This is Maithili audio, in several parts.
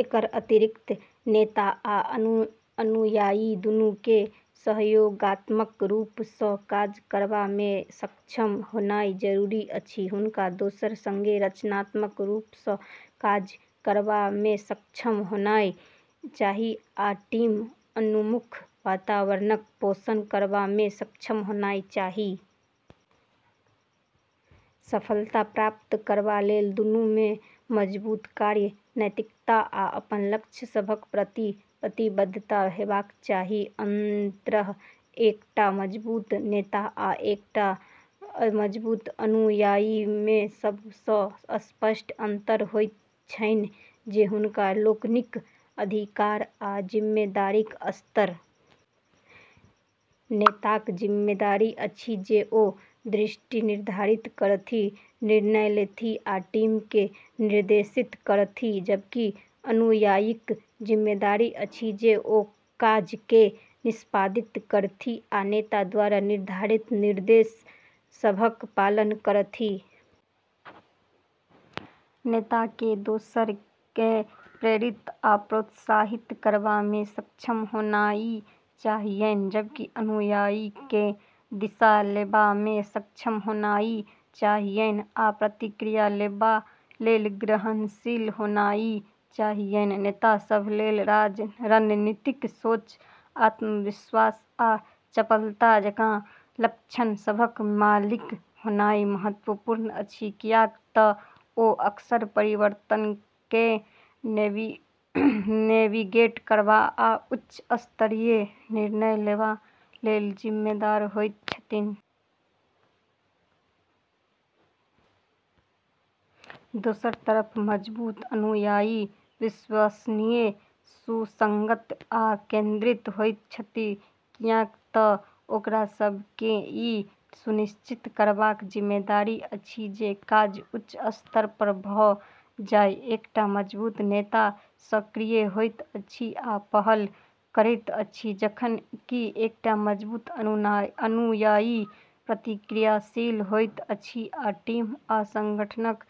एकर अतिरिक्त नेता आ अनुयायी दुनू केँ सहयोगात्मक रूप सँ काज करबा मे सक्षम होनाइ जरूरी अछि। हुनका दोसर सँगे रचनात्मक रूप सँ काज करबा मे सक्षम होनाइ चाही आ टीम उन्मुख वातावरणक पोषण करबा मे सक्षम होनाइ चाही। सफलता प्राप्त करबा लेल दुनू मे मजबूत कार्य नैतिकता आ अपन लक्ष्य सभक प्रति प्रतिबद्धता हेबाक चाही। अंतर: एकटा मजबूत नेता आ एकटा मजबूत अनुयायी मे सब सँ स्पष्ट अंतर होइत छैन जे हुनका लोकनिक अधिकार आ जिम्मेदारीक स्तर। नेताक जिम्मेदारी अछि जे ओ दृष्टि निर्धारित करथि, निर्णय लेथि, आ टीम केँ निर्देशित करथि, जबकि अनुयायीक जिम्मेदारी अछि जे ओ काज केँ निष्पादित करथि आ नेता द्वारा निर्धारित निर्देश सभक पालन करथि। नेता केँ दोसर केँ प्रेरित आ प्रोत्साहित करबा मे सक्षम होनाइ चाहियैन, जबकि अनुयायी केँ दिशा लेबा मे सक्षम होनाइ चाहियैन आ प्रतिक्रिया लेबा लेल ग्रहणशील होनाइ चाहियैन। नेता सभ लेल रणनीतिक सोच, आत्मविश्वास, आ चपलता जकाँ लक्षण सभक मालिक होनाइ महत्वपूर्ण अछि, कियाक तँ ओ अक्सर परिवर्तन केँ नेविगेट करबा आ उच्च स्तरीय निर्णय लेबा लेल जिम्मेदार होइत छथिन। दोसर तरफ मजबूत अनुयायी विश्वसनीय, सुसंगत, आ केंद्रित होइत छथिन, कियाक तँ ओकरा सभ केँ ई सुनिश्चित करबाक जिम्मेदारी अछि जे काज उच्च स्तर पर भऽ जाए। एकटा मजबूत नेता सक्रिय होइत अछि आ पहल करैत अछि, जखन कि एकटा मजबूत अनुयायी प्रतिक्रियाशील होइत अछि आ टीम आ संगठनक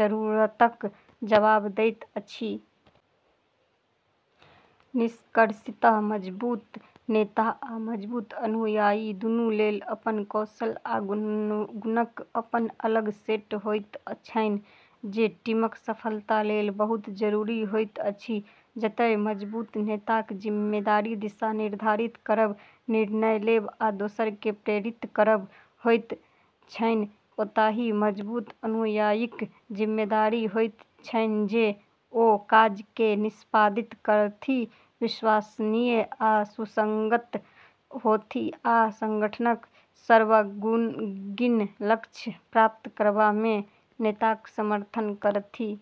जरूरतक जवाब दैत अछि। निष्कर्षतः मजबूत नेता आ मजबूत अनुयायी दुनू लेल अपन कौशल आ गुणक अपन अलग सेट होइत छैन जे टीमक सफलता लेल बहुत जरूरी होइत अछि। जतए मजबूत नेताक जिम्मेदारी दिशा निर्धारित करब, निर्णय लेब, आ दोसर केँ प्रेरित करब होइत छैन, ओतहि मजबूत अनुयायीक जिम्मेदारी होइत छैन जे ओ काज केँ निष्पादित करथि, विश्वसनीय आ सुसंगत होथि, आ संगठनक सर्वांगीण लक्ष्य प्राप्त करबा मे नेताक समर्थन करथि।